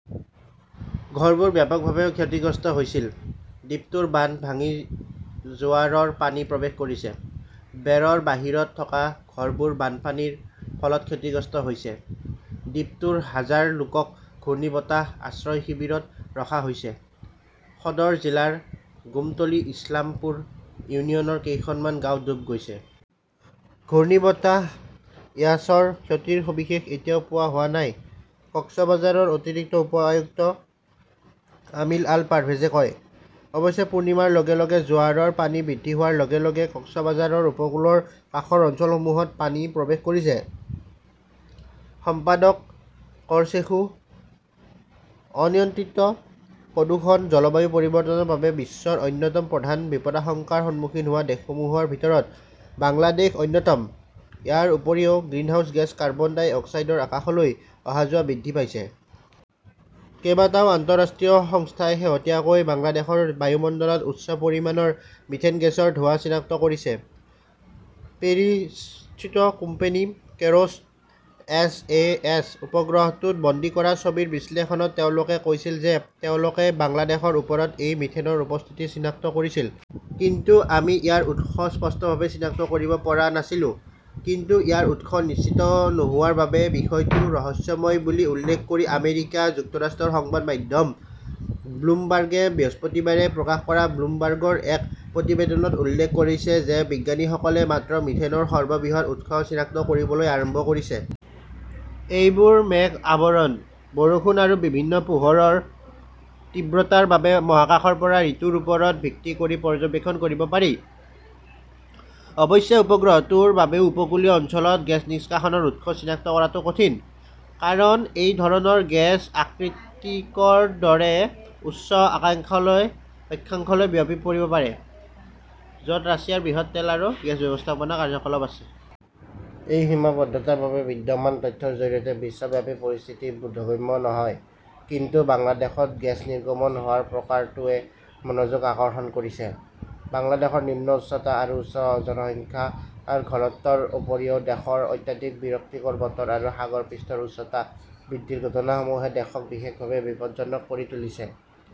ঘৰবোৰ ব্যাপকভাৱে ক্ষতিগ্ৰস্ত হৈছিল। দ্বীপটোৰ বান্ধ ভাঙি জোৱাৰৰ পানী প্ৰৱেশ কৰিছে। বেৰৰ বাহিৰত থকা ঘৰবোৰ বানপানীৰ ফলত ক্ষতিগ্ৰস্ত হৈছে। দ্বীপটোৰ হাজাৰ লোকক ঘূৰ্ণীবতাহ আশ্ৰয় শিবিৰত ৰখা হৈছে। সদৰ জিলাৰ গোমতলী ইছলামপুৰ ইউনিয়নৰ কেইখনমান গাঁও ডুব গৈছে। "ঘূৰ্ণীবতাহ ইয়াছৰ ক্ষতিৰ সবিশেষ এতিয়াও পোৱা হোৱা নাই", কক্সবাজাৰৰ অতিৰিক্ত উপ-আয়ুক্ত আমিন আল পাৰ্ভেজে কয়। অৱশ্যে পূৰ্ণিমাৰ লগে লগে জোৱাৰৰ পানী বৃদ্ধি হোৱাৰ লগে লগে কক্সবাজাৰৰ উপকূলৰ কাষৰ অঞ্চলসমূহত পানী প্ৰৱেশ কৰিছে। সম্পাদক কৰচেশুঃ অনিয়ন্ত্ৰিত প্ৰদূষণ জলবায়ু পৰিৱৰ্তনৰ বাবে বিশ্বৰ অন্যতম প্ৰধান বিপদাশংকাৰ সন্মুখীন হোৱা দেশসমূহৰ ভিতৰত বাংলাদেশ অন্যতম, ইয়াৰ উপৰিও গ্ৰীণহাউছ গেছ কাৰ্বন ডাই অক্সাইডৰ আকাশলৈ অহা-যোৱা বৃদ্ধি পাইছে। কেইবাটাও আন্তঃৰাষ্ট্ৰীয় সংস্থাই শেহতীয়াকৈ বাংলাদেশৰ বায়ুমণ্ডলত উচ্চ পৰিমাণৰ মিথেন গেছৰ ধোঁৱা চিনাক্ত কৰিছে। পেৰিছস্থিত company Kayrros S. A. S. উপগ্ৰহটোত বন্দী কৰা ছবিৰ বিশ্লেষণত তেওঁলোকে কৈছিল যে তেওঁলোকে বাংলাদেশৰ ওপৰত এই মিথেনৰ উপস্থিতি চিনাক্ত কৰিছিল। কিন্তু আমি ইয়াৰ উৎস স্পষ্টভাৱে চিনাক্ত কৰিব পৰা নাছিলো। কিন্তু ইয়াৰ উৎস নিশ্চিত নোহোৱাৰ বাবে বিষয়টো ৰহস্যময় বুলি উল্লেখ কৰি আমেৰিকা যুক্তৰাষ্ট্ৰৰ সংবাদ মাধ্যম ব্লুমবাৰ্গে বৃহস্পতিবাৰে প্ৰকাশ কৰা ব্লুমবাৰ্গৰ এক প্ৰতিবেদনত উল্লেখ কৰিছে যে বিজ্ঞানীসকলে মাত্ৰ মিথেনৰ সৰ্ববৃহৎ উৎস চিনাক্ত কৰিবলৈ আৰম্ভ কৰিছে। এইবোৰ মেঘ আৱৰণ, বৰষুণ আৰু বিভিন্ন পোহৰৰ তীব্ৰতাৰ বাবে মহাকাশৰ পৰা ঋতুৰ ওপৰত ভিত্তি কৰি পৰ্যবেক্ষণ কৰিব পাৰি। অৱশ্যে, উপগ্ৰহটোৰ বাবেও উপকূলীয় অঞ্চলত গেছ নিষ্কাশনৰ উৎস চিনাক্ত কৰাটো কঠিন। কাৰণ এই ধৰণৰ গেছ আৰ্কটিকৰ দৰে উচ্চ অক্ষাংশলৈ বিয়পি পৰিব পাৰে; য 'ত ৰাছিয়াৰ বৃহৎ তেল আৰু গেছ ব্যৱস্থাপনা কাৰ্যকলাপ আছে। এই সীমাবদ্ধতাৰ বাবে বিদ্যমান তথ্যৰ জৰিয়তে বিশ্বব্যাপী পৰিস্থিতি বোধগম্য নহয়। কিন্তু বাংলাদেশত গেছ নিৰ্গমন হোৱাৰ প্ৰকাৰটোৱে মনোযোগ আকৰ্ষণ কৰিছে। বাংলাদেশৰ নিম্ন উচ্চতা আৰু উচ্চ জনসংখ্যাৰ ঘনত্বৰ উপৰিও দেশৰ অত্যাধিক বিৰক্তিকৰ বতৰ আৰু সাগৰ পৃষ্ঠৰ উচ্চতা বৃদ্ধিৰ ঘটনাসমূহে দেশক বিশেষভাৱে বিপদজনক কৰি তুলিছে।